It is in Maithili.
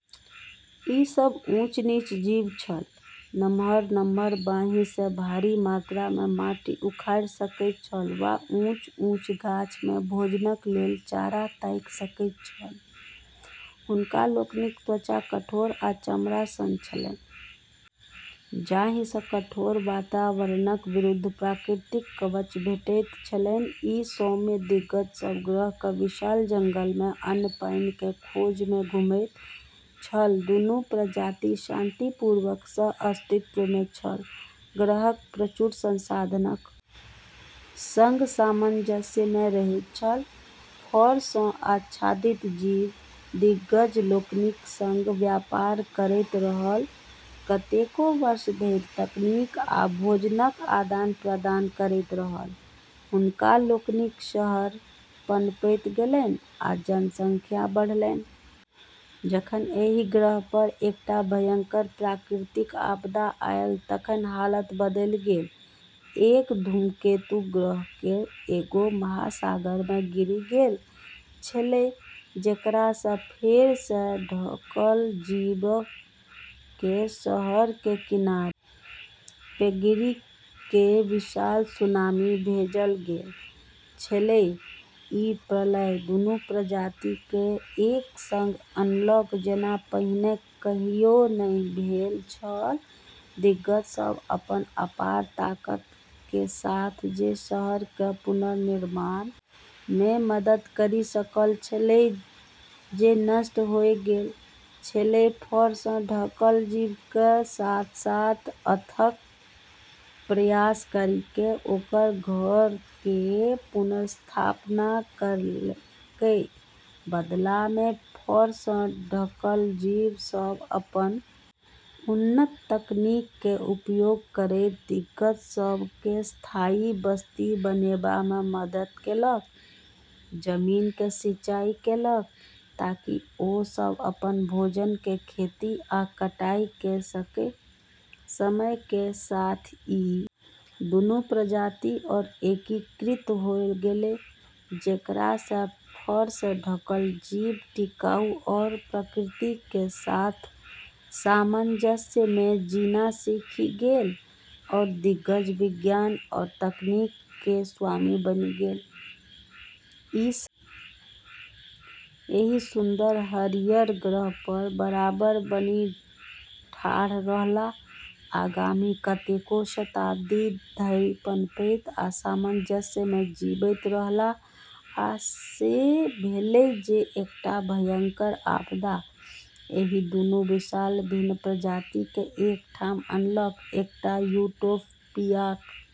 ई सभ ऊँच-ऊँच जीव छल, नम्हर-नम्हर बाँहि जे भारी मात्रा मे माटि उखाड़ि सकैत छल वा ऊँच-ऊँच गाछ मे भोजनक लेल चारा ताकि सकैत छल, हुनका लोकनिक त्वचा कठोर आ चमड़ा सन छलनि जाहि सँ कठोर वातावरणक विरुद्ध प्राकृतिक कवच भेटैत छलनि ई सौम्य दिग्गज सब ग्रह के विशाल जंगल में अन्न-पानि के खोज में घुमैत छल दुनू प्रजाति शांतिपूर्वक सह-अस्तित्व मे छल, ग्रहक प्रचुर संसाधनक संग सामंजस्य मे रहैत छल, फर सॅं आच्छादित जीव दिग्गज लोकनिक संग व्यापार करैत रहल, कतेको वर्ष धरि तकनीक आ भोजनक आदान-प्रदान करैत रहल, हुनका लोकनिक शहर पनपैत गेलनि आ जनसंख्या बढ़लनि, मुदा जखन एहि ग्रह पर एकटा भयंकर प्राकृतिक आपदा आयल तखन हालात बदलि गेल एक धूमकेतु ग्रह केरऽ एगो महासागर मे गिरी गेलऽ छेलै जेकरा से फर से ढकल जीवऽ के शहरऽ के किनारे पे गिरी के विशाल सुनामी भेजलऽ गेलऽ छेलै, ई प्रलय दुनू प्रजाति के एक संग अनलक जेना पहिने कहियो नहि भेल छल, दिग्गज सब अपनऽ अपार ताकत के साथ जे शहरऽ के पुनर्निर्माण में मदद करी सकलऽ छेलै जे नष्ट होय गेलऽ छेलै फर सें ढकल जीवऽ के साथ-साथ अथक प्रयास करी के ओकरऽ घरऽ के पुनर्स्थापना करलकै, बदला में फर स ढकल जीव सब अपन उन्नत तकनीक के उपयोग करैत दिग्गज सब के स्थायी बस्ती बनेबा में मदद केलक, जमीन के सिंचाई केलक ताकि ओ सब अपन भोजन के खेती आ कटाई क सकय, समय के साथ ई दूनू प्रजाति आरू एकीकृत होय गेलै जेकरा से फर से ढकल जीव टिकाऊ आरू प्रकृति के साथ सामंजस्य मे जीना सीखी गेलै आरू दिग्गज विज्ञान आरू तकनीक के स्वामी बनी गेलै, ई सब एहि सुन्दर हरियर ग्रह पर बराबर बनि ठाढ़ रहलाह, आगामी कतेको शताब्दी धरि पनपैत आ सामंजस्य मे जीबैत रहलाह आ से भेलै जे एकटा भयंकर आपदा एहि दुनू विशाल भिन्न प्रजाति केँ एक ठाम अनलक, एकटा यूटोपियाक निर्माण केलक जतय दुनू जीबि सकैत छल आ समृद्ध भ सकैत छल।